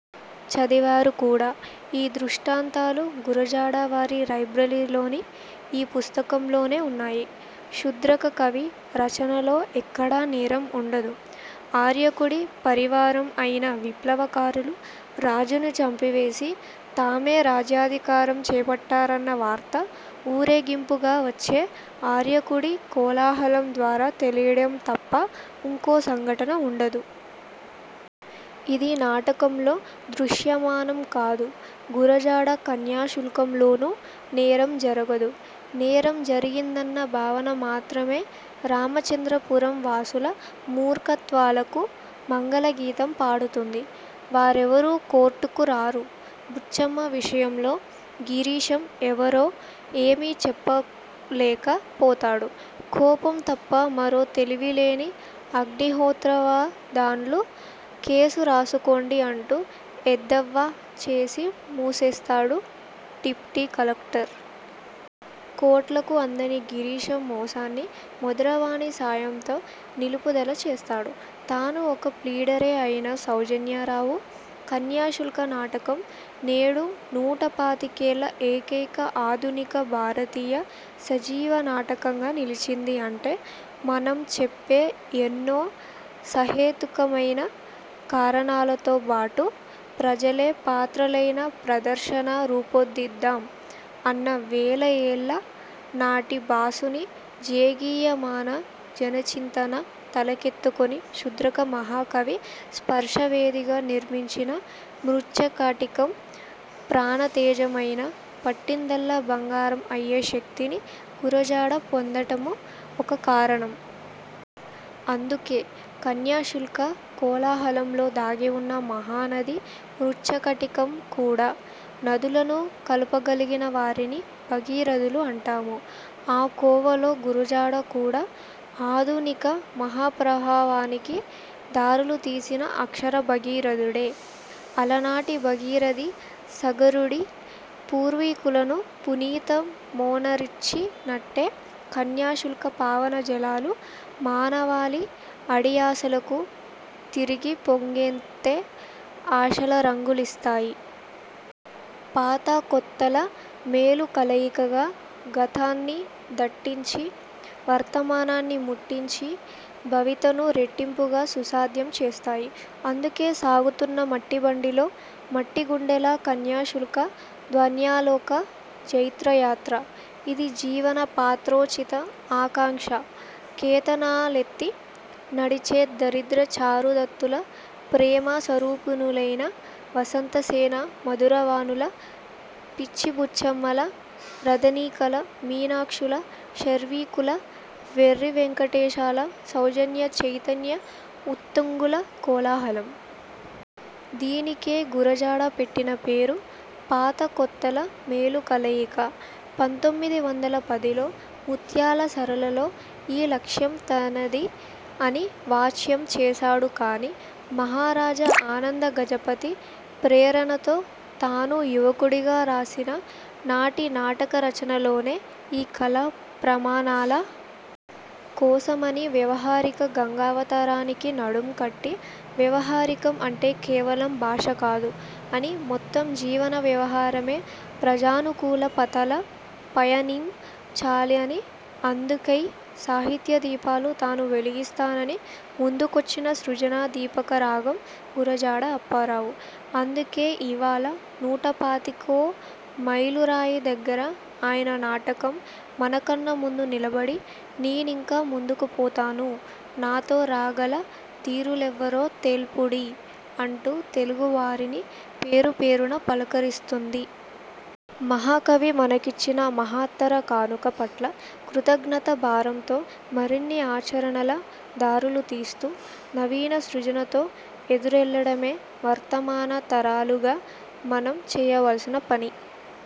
చదివారు కూడా, ఈ దృష్టాంతాలు గురజాడ వారి లైబ్రరీలోని ఈ పుస్తకంలోనే ఉన్నాయి. శూద్రక కవి రచనలో ఎక్కడా నేరం ఉండదు. ఆర్యకుడి పరివారం అయిన విప్లవ కారులు రాజుని చంపివేసి, తామే రాజ్యాధికారం చేపట్టారన్న వార్త ఊరేగింపుగావచ్చే ఆర్యకుడి కోలాహలం ద్వారా తెలియడం తప్ప ఇంకో సంఘటన ఉండదు. ఇది నాటకంలో దృశ్యమానం కాదు. గురజాడ కన్యాశుల్కంలోనూ నేరం జరగదు, నేరం జరిగిందన్న భావన మాత్రమే రామచంద్రపురం వాసుల మూర్ఖత్వాలకు మంగళ గీతం పాడుతుంది. వారెవరూ కోర్ట్కు రారు. బుచ్చమ్మ విషయంలో గిరీశం ఎవరో ఏమీ చెప్పలేక పోతాడు కోపం తప్ప మరో తెలివి లేని అగ్నిహోత్రావధాన్లు, కేసు రాసుకోండి అంటూ ఎద్దేవా చేసి మూసేస్తాడు డిప్టీ కలెక్టర్. కోర్ట్లకు అందని గిరీశం మోసాన్ని మధుర వాణి సాయంతో నిలుపుదల చేస్తాడు, తానూ ఒక ప్లీడరే అయిన సౌజన్యారావు. కన్యాశుల్క నాటకం నేడు నూట పాతికేళ్ళ ఏకైక ఆధునిక భారతీయ సజీవ నాటకంగా నిలిచిందీ అంటే, మనం చెప్పే ఎన్నో సహేతుకమైన కారణాలతో బాటు, ప్రజలే పాత్రలైన ప్రదర్శన రూపొందిద్దాం అన్న వేలఏళ్ల నాటి భాసుని జేగీయమాన జన చింతన తలకెత్తుకుని శూద్రక మహాకవి స్పర్శ వేదిగా నిర్మించిన మృచ్ఛకటికం ప్రాణ తేజం అయిన పట్టిందల్లా బంగారం అయ్యే శక్తిని గురజాడ పొందటమూ ఒక కారణం. అందుకే, కన్యాశుల్క కోలాహలం లో దాగి ఉన్న మహానది మృచ్ఛకటికం కూడా. నదులను కలపగలిగిన వారిని భగీరథులు అంటాము. ఆ కోవలో గురజాడ కూడా ఆధునిక మహాప్రవాహానికి దారులు తీసిన అక్షర భగీరథుడే. అలనాటి భాగీరథి సగరుడి పూర్వీకులను పునీత మొనర్చి నట్టే, కన్యాశుల్క పావన జలాలు మానవాళి అడియాసలకు తిరిగి పొంగెత్తే ఆశల రంగు లిస్తాయి. పాత కొత్తల మేలు కలయికగా గతాన్ని దట్టించి, వర్తమానాన్ని ముట్టించి, భవితను రెట్టింపుగా సుసాధ్యం చేస్తాయి. అందుకే సాగుతున్నది మట్టి బండిలో, మట్టి గుండెల కన్యాశుల్క ధ్వన్యాలోక జైత్ర యాత్ర. ఇది జీవన పాత్రోచిత ఆకాంక్షా కేతనాలెత్తి నడిచే దరిద్ర చారుదత్తుల, ప్రేమ స్వరూపిణులైన వసంత సేన, మధుర వాణుల, పిచ్చి బుచ్చమ్మల, రదనికల, మీనాక్షుల, శర్విలకుల, వెర్రి వెంకటేశాల సౌజన్య చైతన్య ఉత్తుంగ కోలాహలం. దీనికే గురజాడ పెట్టిన పేరు, పాత కొత్తల మేలు కలయిక. పంతొమ్మిది వందల పదిలో ముత్యాల సరాలలో ఈ లక్ష్యం తనది అని వాచ్యం చేశాడు కానీ, మహారాజా ఆనంద గజపతి ప్రేరణతో తాను యువకుడిగా రాసిన నాటి నాటక రచనలోనే, ఈ కళా ప్రమాణాల కోసమని వ్యవహారిక గంగావతరణానికి నడుం కట్టి, వ్యవహరికం అంటే కేవలం భాష కాదు అనీ మొత్తం జీవన వ్యవహారమే ప్రజానుకూల పథాల పయనిం చాలనీ అందుకేౖ సాహిత్య దీపాలు తాను వెలిగిస్తాననీ ముందుకొచ్చిన సృజన దీపక రాగం గురజాడ అప్పారావు అందుకే ఇవాళ నూట పాతికో మైలు రాయి దగ్గర ఆయన నాటకం, మన కన్నా ముందు నిలబడి, ''నేనింకా ముందుకు పోతాను, నాతో రాగల ధీరులెవ్వరో తెల్పుడీ'' అంటూ తెలుగు వారిని పేరు పేరునా పలకరిస్తున్నది. మహాకవి మనకిచ్చిన మహత్తర కానుక పట్ల కృతజ్ఞతా భారంతో మరిన్ని ఆచరణల దారులుతీస్తూ, నవీన సృజనతో ఎదురెళ్లడమే వర్తమాన తరాలుగా మనం చేయవలసిన పని.